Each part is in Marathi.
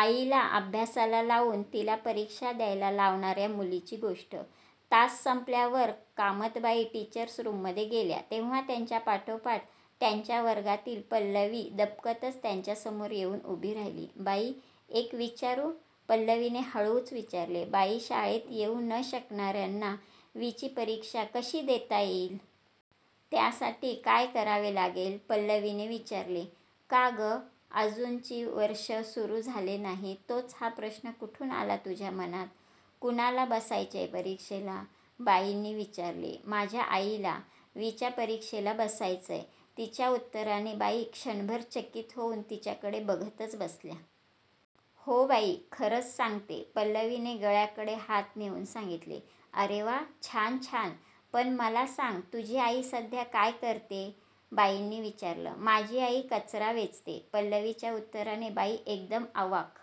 आईला अभ्यासाला लावून तिला परीक्षा द्यायला लावणाऱ्या मुलीची गोष्ट- तास संपल्यावर कामतबाई टीचर्सरूममधे गेल्या तेव्हा त्यांच्या पाठोपाठ त्यांच्या वर्गातील पल्लवी दबकतच त्यांच्यासमोर येऊन उभी राहिली. "बाई एक विचारू? "..... पल्लवीने हळूच विचारले. "बाई शाळेत येऊ न शकणाऱ्याना वीची परीक्षा कशी देता येईल? त्यासाठी काय करावे लागेल? " पल्लवीने विचारले. "का ग... अजून ची वर्ष सुरू झाले नाही तोच हा प्रश्न कुठून आला तुझ्या मनात? कुणाला बसायचेय परीक्षेला? बाईनी विचारले. "माझ्या आईला वीच्या परीक्षेला बसायचंय"... तिच्या उत्तराने बाई क्षणभर चकित होऊन तिच्याकडे बघतच बसल्या. "हो बाई खरंच सांगते. " पल्लवीने गळ्याकडे हात नेऊन सांगितले. "अरे वा छान छान... पण मला सांग. तुझी आई सध्या काय करतेय? " बाईंनी विचारले. "माझी आई कचरा वेचते. " पल्लवीच्या उत्तराने बाई एकदम अवाक.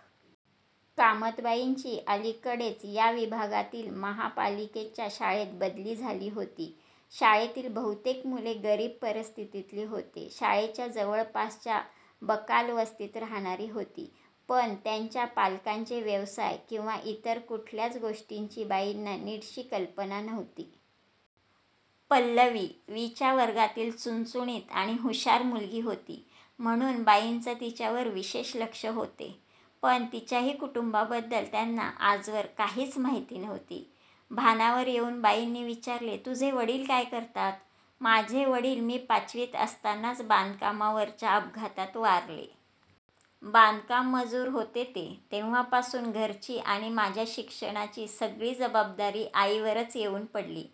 कामत बाईंची अलीकडे या विभागातील महापालिकेच्या शाळेत बदली झाली होती. शाळेतील बहुतेक मुले गरीब परिस्थितीतील होती. शाळेच्या जवळपासच्या बकाल वस्तीत राहणारी होती. पण त्यांच्या पालकांचे व्यवसाय किंवा इतर कुठल्याच गोष्टींची बाईंना नीटशी कल्पना नव्हती. पल्लवी वीच्या वर्गातील चुणचुणीत आणि हुशार मुलगी होती, म्हणून बाईंचे तिच्यावर विशेष लक्ष होते, पण तिच्याही कुटुंबाबद्दल त्यांना आजवर काहीच माहिती नव्हती. भानावर येऊन बाईंनी विचारले- "तुझे वडील काय करतात? " "माझे वडील मी पाचवीत असताना बांधकामावरच्या अपघातात वारले. बांधकाम-मजूर होते ते. तेव्हापासून घरची आणि माझ्या शिक्षणाची सगळी जबाबदारी आईवरच येऊन पडली.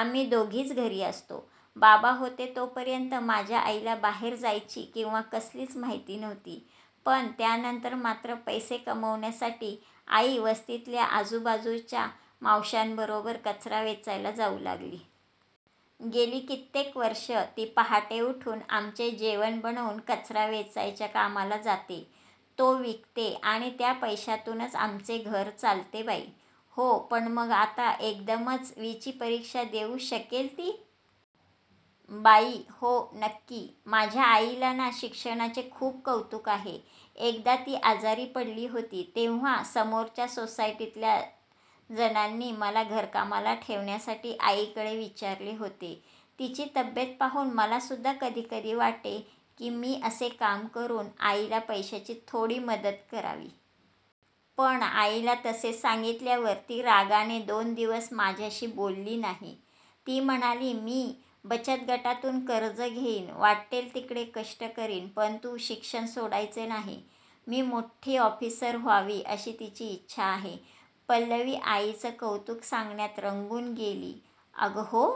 आम्ही दोघीच घरी असतो. बाबा होते तोपर्यंत माझ्या आईला बाहेर जायची किंवा कसलीच माहिती नव्हती, पण त्यानंतर मात्र पैसे कमावण्यासाठी आई वस्तीतल्या आजूबाजूच्या मावशांबरोबर कचरा वेचायला जाऊ लागली. गेली कित्येक वर्षे ती पहाटे उठून आमचे जेवण बनवून कचरा वेचायच्या कामाला जाते. तो विकते आणि त्या पैशातूनच आमचे घर चालते बाई. " "हो... पण मग आता एकदमच वीची परीक्षा देऊ शकेल ती? " बाई "हो... नक्की. माझ्या आईला ना, शिक्षणाचे खूप कौतुक आहे. एकदा ती आजारी पडली होती तेव्हा समोरच्या सोसायटीतल्या जणांनी मला घरकामाला ठेवण्यासाठी आईकडे विचारले होते. तिची तब्येत पाहून मलासुद्धा कधीकधी वाटे की, मी असे काम करून आईला पैशाची थोडी मदत करावी. पण आईला तसे सांगितल्यावर ती रागाने दोन दिवस माझ्याशी बोलली नाही. ती म्हणाली, मी बचतगटातून कर्ज घेईन. वाटेल तितके कष्ट करीन, पण तू शिक्षण सोडायचे नाही. मी मोठ्ठं ऑफिसर व्हावं, अशी तिची इच्छा आहे. " पल्लवी आईचे कौतुक सांगण्यात रंगून गेली. "अगं हो,